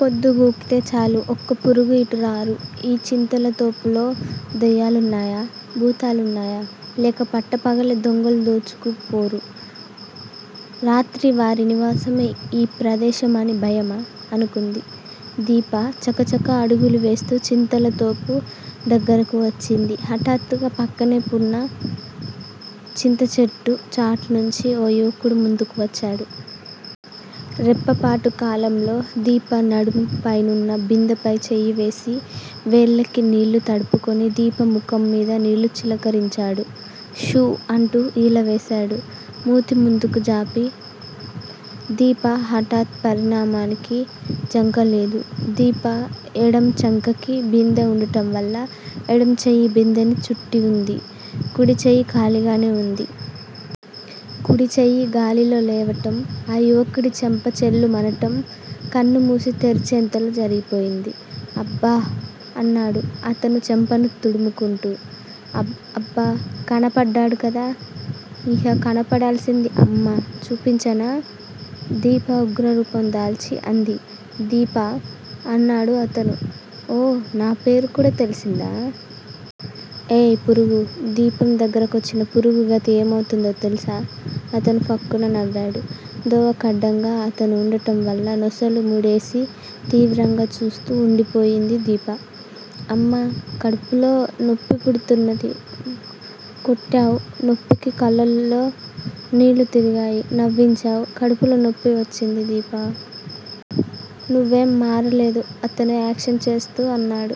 పొద్దుగూకితే చాలు ఒక్క పురుగు ఇటు రారు. ఈ చింతలతోపులో దెయ్యాలున్నాయా? భూతాలున్నాయా? లేక పట్టపగలే దొంగలు దోచుకుపోరు. రాత్రి వారి నివాసం ఈ ప్రదేశం అని భయమా? అనుకుంది. దీప చకచక అడుగులు వేస్తు చింతలతోపు దగ్గరకు వచ్చింది. హఠాత్తుగా పక్కనే వున్న చింతచెట్టు చాటునుంచి ఓ యువకుడు ముందుకు వచ్చాడు. రెప్పపాటు కాలంలో దీప నడుం పైనున్న బిందెపై చెయ్యివేసి వేళ్ళకి నీళ్ళు తడుపుకుని దీప ముఖంమీద నీళ్ళు చిలకరించాడు. షూ అంటూ ఈలవేశాడు మూతి ముందుకు జాపి. దీప హఠాత్ పరిణామానికి జంకలేదు. దీప ఎడం చంకకి బిందె వుండటంవల్ల ఎడంచెయ్యి బిందెని చుట్టివుంది. కుడిచెయ్యి ఖాళీగానే వుంది. కుడిచెయ్యి గాలిలో లేవటం ఆ యువకుడి చెంప ఛెళ్లుమనటం కన్నుమూసి తెరిచేంతలో జరిగిపోయింది. అబ్బా! అన్నాడు అతను చెంపను తుడుముకుంటూ. అబ్బ కనపడ్డాడు కదా? ఇహ కనపడాల్సింది అమ్మ. చూపించనా? దీప ఉగ్రరూపం దాల్చి అంది. దీపా! అన్నాడు అతను. ఓ నా పేరు కూడా తెలిసిందా? ఏయ్ పురుగూ, దీపందగ్గర కొచ్చిన పురుగు గతి ఏమవుతుందో తెలుసా. అతను ఫక్కున నవ్వాడు. దోవ కడ్డంగా అతను వుండటం వల్ల నొసలు ముడేసి తీవ్రంగా చూస్తూ వుండిపోయింది దీప. అమ్మా, కడుపులో నొప్పిపుడుతున్నది. కొట్టావ్, నొప్పికి కళ్ళల్లో నీళ్ళుతిరిగాయి. నవ్వించావ్, కడుపులో నొప్పివచ్చింది. దీపా! నువ్వేం మారలేదు అతను యాక్షన్ చేస్తూ అన్నాడు.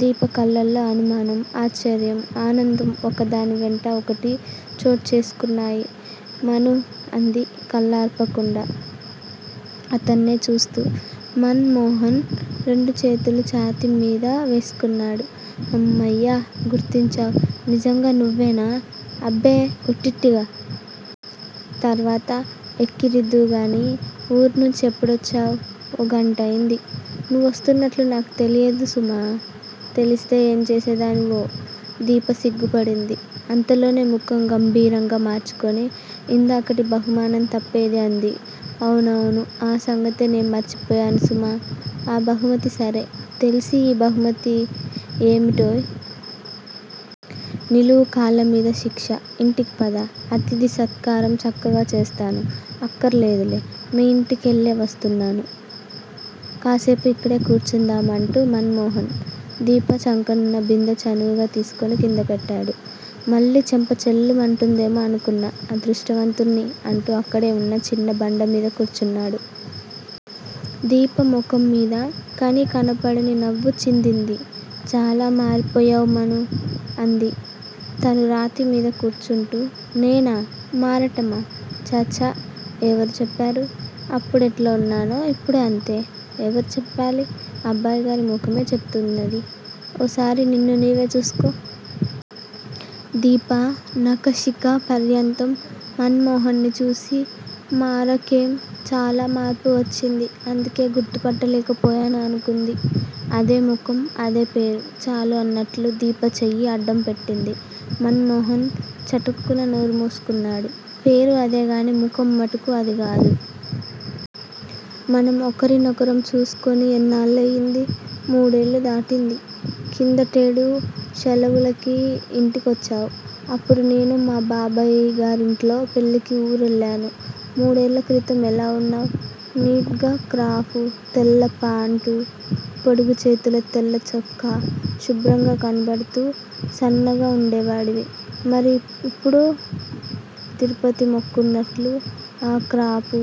దీప కళ్ళల్లో అనుమానం, ఆశ్చర్యం, ఆనందం ఒక దాని వెంట ఒకటి చోటు చేసుకున్నాయి. మనూ! అంది కళ్ళార్పకుండా అతన్నే చూస్తూ. మన్ మోహన్ రెండు చేతులు ఛాతీమీద వేసుకున్నాడు. అమ్మయ్య, గుర్తించావ్! నిజంగా నువ్వేనా? అబ్బే ఉట్టిట్టిగా. తర్వాత ఎక్కిరిద్దువుగాని, ఊరునుంచి ఎప్పుడొచ్చావ్? ఓ గంటయింది. నువ్వొస్తున్నట్లు నాకు తెలియదు సుమా? తెలిస్తే ఏం చేసేదానివో? దీప సిగ్గుపడింది. అంతలోనే ముఖం గంభీరంగా మార్చుకుని ఇందాకటి బహుమానం తప్పేది అంది. అవునవును, ఆ సంగతే నే మర్చిపోయాను సుమా? ఆ బహుమతి సరే! తెలిసి ఈ బహుమతి ఏమిటోయ్? నిలువు కాళ్ళమీద శిక్ష. ఇంటికి పద, అతిధి సత్కారం చక్కగా చేస్తాను అక్కరలేదులే. మీ ఇంటి కెళ్ళే వస్తున్నాను. కాసేపు ఇక్కడే కూర్చుందాము అంటూ మన్ మోహన్, దీప చంకనున్న బిందె చనువుగా తీసుకుని కిందపెట్టాడు. మళ్ళీ చెంప ఛెళ్ళుమంటుందేమో అనుకున్నా అదృష్టవంతుడ్ని అంటూ అక్కడే వున్న చిన్న బండమీద కూర్చున్నాడు. దీప ముఖంమీద కనీ కనపడని నవ్వు చిందింది. చాలా మారిపొయ్యావ్ మనూ! అంది తనూ రాతి మీద కూర్చుంటూ. నేనా? మారటమా? ఛా ఛా ఎవరు చెప్పారు? అప్పుడెట్లా వున్నానో ఇప్పుడూ అంతే. ఎవరు చెప్పాలి, అబ్బాయిగారి ముఖమే చెపుతున్నది. ఓ సారి నిన్ను నీవే చూసుకో. దీప నఖశిఖ పర్యంతం మన్ మోహన్ ని చూసి మారకేం, చాలా మార్పు వచ్చింది. అందుకే గుర్తుపట్టలేక పోయాను అనుకుంది. అదే ముఖం అదే పేరు చాలు అన్నట్లు దీప చెయ్యి అడ్డంపెట్టింది. మన్ మోహన్ చటుక్కున నోరు మూసుకున్నాడు. పేరు అదేగాని ముఖం మటుకు అదిగాదు. మనం ఒకరినొకరం చూసుకుని ఎన్నాళ్ళయింది? మూడేళ్ళు దాటింది. కిందటేడు శలవులకి ఇంటికొచ్చావ్, అప్పుడు నేను మా బాబయ్యగారింట్లో పెళ్ళికి ఊరెళ్ళాను. మూడేళ్ళక్రితం ఎలా వున్నావ్? నీట్ గా క్రాపు, తెల్లపాంటు, పొడుగుచేతుల తెల్ల చొక్కా, శుభ్రంగా కనపడుతూ సన్నగా వుండేవాడివి. మరి ఇప్పుడో? తిరుపతి మొక్కున్నట్లు ఆ క్రాపు,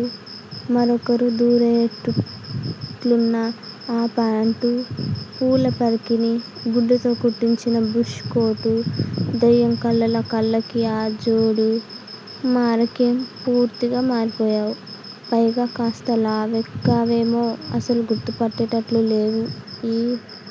మరొకరు దూరేట్లున్న ఆ పాంటు, పూల పరికిణీ గుడ్డతో కుట్టించిన బుష్ కోటు, దెయ్యం కళ్ళలా కళ్ళకి ఆ జోడు మారకేం పూర్తిగా మారిపొయ్యావు. పైగా కాస్త లావెక్కావేమే అసలు గుర్తు పట్టేటట్లు లేవు. ఈ